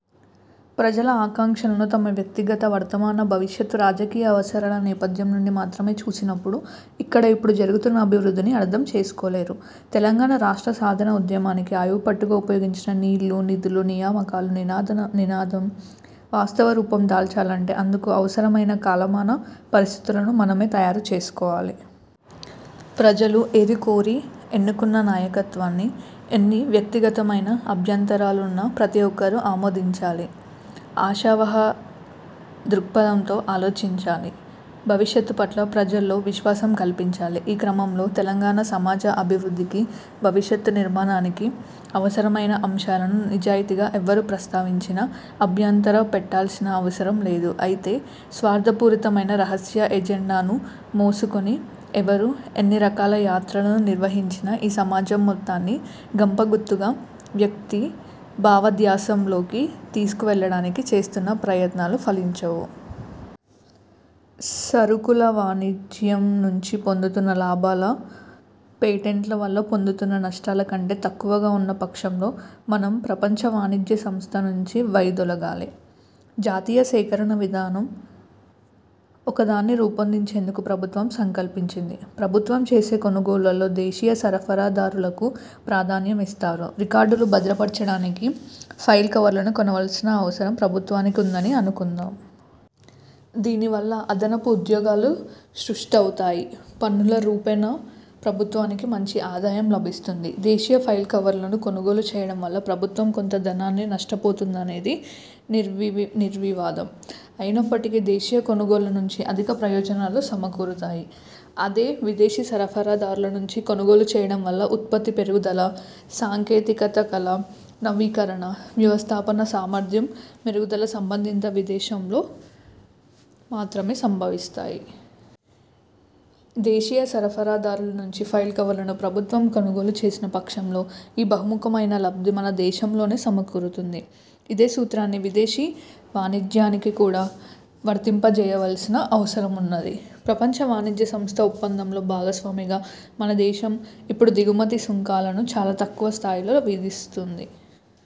ప్రజల ఆకాంక్షలను తమ వ్యక్తిగత, వర్తమాన, భవిష్యత్తు రాజకీయ అవసరాల నేపథ్యం నుండి మాత్రమే చూసినప్పుడు ఇక్కడ ఇప్పుడు జరుగుతున్న అభివృద్ధిని అర్థం చేసుకోలేరు. తెలంగాణ రాష్ట్ర సాధన ఉద్యమానికి ఆయువుపట్టుగా ఉపయోగించిన 'నీళ్లు, నిధులు, నియామకాలు' నినాదం వాస్తవరూపం దాల్చాలంటే అందుకు అవసరమైన కాలమాన పరిస్థితులను మనమే తయారు చేసుకోవాలి. ప్రజలు ఏరికోరి ఎన్నుకున్న నాయకత్వాన్ని ఎన్ని వ్యక్తిగతమైన అభ్యంతరాలున్నా ప్రతిఒక్కరూ ఆమోదించాలి. ఆశావహ దృక్పథంతో ఆలోచించాలి. భవిష్యత్తుపట్ల ప్రజల్లో విశ్వాసం కల్పించాలి. ఈ క్రమంలో తెలంగాణ సమాజ అభివృద్ధికి, భవిష్యత్తు నిర్మాణానికి అవసరమైన ఆంశాలను నిజాయితీగా ఎవ్వరు ప్రస్తావించినా అభ్యంతర పెట్టాల్సిన అవసరం లేదు. అయితే స్వార్థపూరితమైన రహస్య ఎజెండాను మోసుకుని ఎవరు ఎన్నిరకాల యాత్రలను నిర్వహించినా ఈ సమాజం మొత్తాన్ని గంపగుత్తగా వ్యక్తి భావదాస్యంలోకి తీసుకువెళ్లడానికి చేస్తున్న ప్రయత్నాలు ఫలించవు! సరుకుల వాణిజ్యం నుంచి పొందుతున్న లాభాలు పేటెంట్ల వల్ల పొందుతున్న నష్టాల కంటే తక్కువగా ఉన్న పక్షంలో మనం ప్రపంచ వాణిజ్య సంస్థ నుంచి వైదొలగాలి. జాతీయ సేకరణ విధానం ఒకదాన్ని రూపొందించేందుకు ప్రభుత్వం సంకల్పించింది. ప్రభుత్వం చేసే కొనుగోళ్ళలో దేశీయ సరఫరాదారులకు ప్రాధాన్యమిస్తారు. రికార్డులు భద్రపరచడానికి ఫైల్ కవర్లను కొనవల్సిన అవసరం ప్రభుత్వానికి వుందని అనుకుందాం. దీనివల్ల అదనపు ఉద్యోగాలు సృష్టి అవుతాయి, పన్నుల రూపేణా ప్రభుత్వానికి మంచి ఆదాయం లభిస్తుంది. దేశీయ ఫైల్ కవర్లను కొనుగోలు చేయడం వల్ల ప్రభుత్వం కొంత ధనాన్ని నష్టపోతుందనేది నిర్వివాదం. అయినప్పటికీ దేశీయ కొనుగోళ్ల నుంచి అధిక ప్రయోజనాలు సమకూరతాయి. అదే విదేశీ సరఫరాదారుల నుంచి కొనుగోలు చేయడం వల్ల ఉత్పత్తి పెరుగుదల, సాంకేతికతల నవీకరణ, వ్యవస్థాపనా సామర్థ్యం మెరుగుదల సంబంధిత విదేశంలో మాత్రమే సంభవిస్తాయి. దేశీయ సరఫరాదారుల నుంచి ఫైల్ కవర్లను ప్రభుత్వం కొనుగోలుచేసిన పక్షంలో ఈ బహుముఖమైన లబ్ధి మన దేశంలోనే సమకూరుతుంది. ఇదే సూత్రాన్ని విదేశీ వాణిజ్యానికి కూడా వర్తింపచేయవల్సిన అవసరమున్నది. ప్రపంచ వాణిజ్య సంస్థ ఒప్పందంలో భాగస్వామిగా మన దేశం ఇప్పుడు దిగుమతి సుంకాలను చాలా తక్కువ స్థాయిలో విధిస్తోంది.